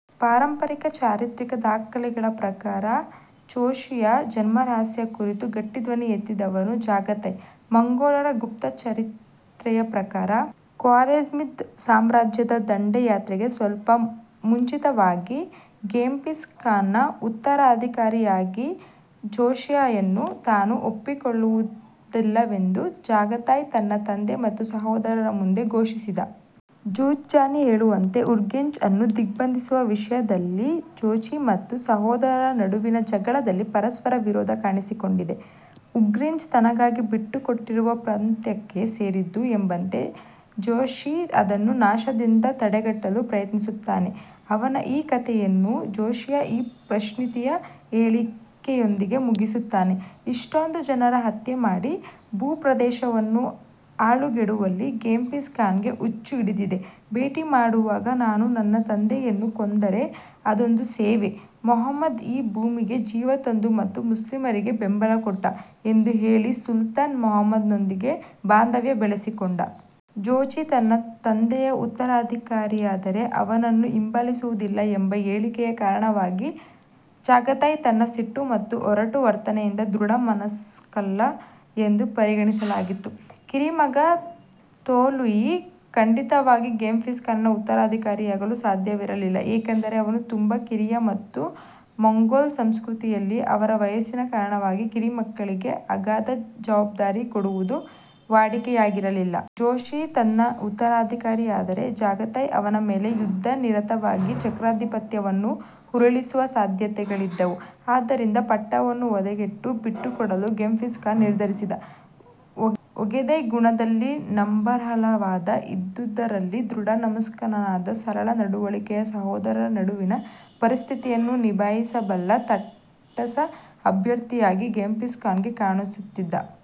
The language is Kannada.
ಪಾರಂಪರಿಕ, ಚಾರಿತ್ರಿಕ ದಾಖಲೆಗಳ ಪ್ರಕಾರ ಜೋಚಿಯ ಜನ್ಮರಹಸ್ಯ ಕುರಿತು ಗಟ್ಟಿ ಧ್ವನಿ ಎತ್ತಿದವನು ಚಗತಾಯ್. ಮಂಗೋಲರ ಗುಪ್ತ ಚರಿತ್ರೆಯ ಪ್ರಕಾರ ಖ್ವಾರೆಝ್ಮಿದ್ ಸಾಮ್ರಾಜ್ಯದ ದಂಡಯಾತ್ರೆಗೆ ಸ್ವಲ್ಪ ಮುಂಚಿತವಾಗಿ ಗೆಂಘಿಸ್ ಖಾನ್ನ ಉತ್ತರಾಧಿಕಾರಿಯಾಗಿ ಜೋಚಿಯನ್ನು ತಾನು ಒಪ್ಪಿಕೊಳ್ಳುವುದಿಲ್ಲವೆಂದು ಚಗತಾಯ್ ತನ್ನ ತಂದೆ ಮತ್ತು ಸಹೋದರರ ಮುಂದೆ ಘೋಷಿಸಿದ. ಜುಝ್ಜಾನಿ ಹೇಳುವಂತೆ ಉರ್ಗೆಂಚ್ ಅನ್ನು ದಿಗ್ಭಂಧಿಸುವ ವಿಷಯದಲ್ಲಿ ಜೋಚಿ ಮತ್ತು ಸಹೋದರರ ನಡುವಿನ ಜಗಳದಲ್ಲಿ ಪರಸ್ಪರ ವಿರೋಧ ಕಾಣಿಸಿಕೊಂಡಿದೆ. ಉರ್ಗೆಂಚ್ ತನಗಾಗಿ ಬಿಟ್ಟುಕೊಟ್ಟಿರುವ ಪ್ರಾಂತ್ಯಕ್ಕೆ ಸೇರಿದ್ದು ಎಂಬಂತೆ ಜೋಚಿ ಅದನ್ನು ನಾಶದಿಂದ ತಡೆಗಟ್ಟಲು ಪ್ರಯತ್ನಿಸಿದ್ದಾನೆ. ಅವನ ಈ ಕತೆಯನ್ನು ಜೋಚಿಯ ಈ ಪ್ರಶ್ನಾತೀತ ಹೇಳಿಕೆಯೊಂದಿಗೆ ಮುಗಿಸುತ್ತಾನೆ: " ಇಷ್ಟೊಂದು ಜನರ ಹತ್ಯೆ ಮಾಡಿ, ಭೂ ಪ್ರದೇಶವನ್ನು ಹಾಳುಗೆಡವಲು ಗೆಂಘಿಸ್ ಖಾನ್ಗೆ ಹುಚ್ಚು ಹಿಡಿದಿದೆ, ಭೇಟಿಮಾಡುವಾಗ ನಾನು ನನ್ನ ತಂದೆಯನ್ನು ಕೊಂದರೆ ಅದೊಂದು ಸೇವೆ, ಮೊಹಮ್ಮದ್ ಈ ಭೂಮಿಗೆ ಜೀವ ತಂದ ಮತ್ತು ಮುಸ್ಲಿಮರಿಗೆ ಬೆಂಬಲ ಕೊಟ್ಟ" ಎಂದು ಹೇಳಿ ಸುಲ್ತಾನ್ ಮೊಹಮ್ಮದನೊಂದಿಗೆ ಬಾಂಧವ್ಯ ಬೆಳೆಸಿಕೊಂಡ. ಜೋಚಿ ತನ್ನ ತಂದೆಯ ಉತ್ತರಾಧಿಕಾರಿಯಾದರೆ ಅವನನ್ನು ಹಿಂಬಾಲಿಸುವುದಿಲ್ಲ ಎಂಬ ಹೇಳಿಕೆಯ ಕಾರಣವಾಗಿ ಚಗತಾಯ್ ತನ್ನ ಸಿಟ್ಟು ಮತ್ತು ಒರಟು ವರ್ತನೆಯಿಂದ ದೃಢ ಮನಸ್ಕನಲ್ಲ ಎಂದು ಪರಿಗಣಿಸಲಾಗಿತ್ತು. ಕಿರಿಮಗ ತೊಲೂಯಿ ಖಂಡಿತವಾಗಿ ಗೆಂಘಿಸ್ ಖಾನನ ಉತ್ತರಾಧಿಕಾರಿಯಾಗಲು ಸಾಧ್ಯವಿರಲಿಲ್ಲ ಏಕೆಂದರೆ ಅವನು ತುಂಬಾ ಕಿರಿಯ ಮತ್ತು ಮಂಗೋಲ್ ಸಂಸ್ಕೃತಿಯಲ್ಲಿ ಅವರ ವಯಸ್ಸಿನ ಕಾರಣವಾಗಿ ಕಿರಿಮಕ್ಕಳಿಗೆ ಅಗಾಧ ಜವಾಬ್ಧಾರಿ ಕೊಡುವುದು ವಾಡಿಕೆಯಾಗಿರಲಿಲ್ಲ. ಜೋಚಿ ತನ್ನ ಉತ್ತರಾಧಿಕಾರಿಯಾದರೆ, ಚಗತಾಯ್ ಅವನ ಮೇಲೆ ಯುದ್ಧ ನಿರತವಾಗಿ ಚಕ್ರಾಧಿಪತ್ಯವನ್ನು ಉರುಳಿಸುವ ಸಾಧ್ಯತೆಗಳಿದ್ದವು. ಆದ್ದರಿಂದ ಪಟ್ಟವನ್ನು ಒಗೆದೆಯ್ಗೆ ಬಿಟ್ಟುಕೊಡಲು ಗೆಂಘಿಸ್ ಖಾನ್ ನಿರ್ಧರಿಸಿದನು. ಒಗೆದೆಯ್ ಗುಣದಲ್ಲಿ ನಂಬಲರ್ಹವಾದ, ಇದ್ದುದರಲ್ಲಿ ದೃಢಮನಸ್ಕನಾದ ಸರಳ ನಡವಳಿಕೆಯ ಸಹೋದರರ ನಡುವಿನ ಪರಿಸ್ಥಿತಿಯನ್ನು ನಿಭಾಯಿಸ ಬಲ್ಲ ತಟಸ್ಥ ಅಭ್ಯರ್ಥಿಯಾಗಿ ಗೆಂಘಿಸ್ ಖಾನ್ಗೆ ಕಾಣುತ್ತಿದ್ದ.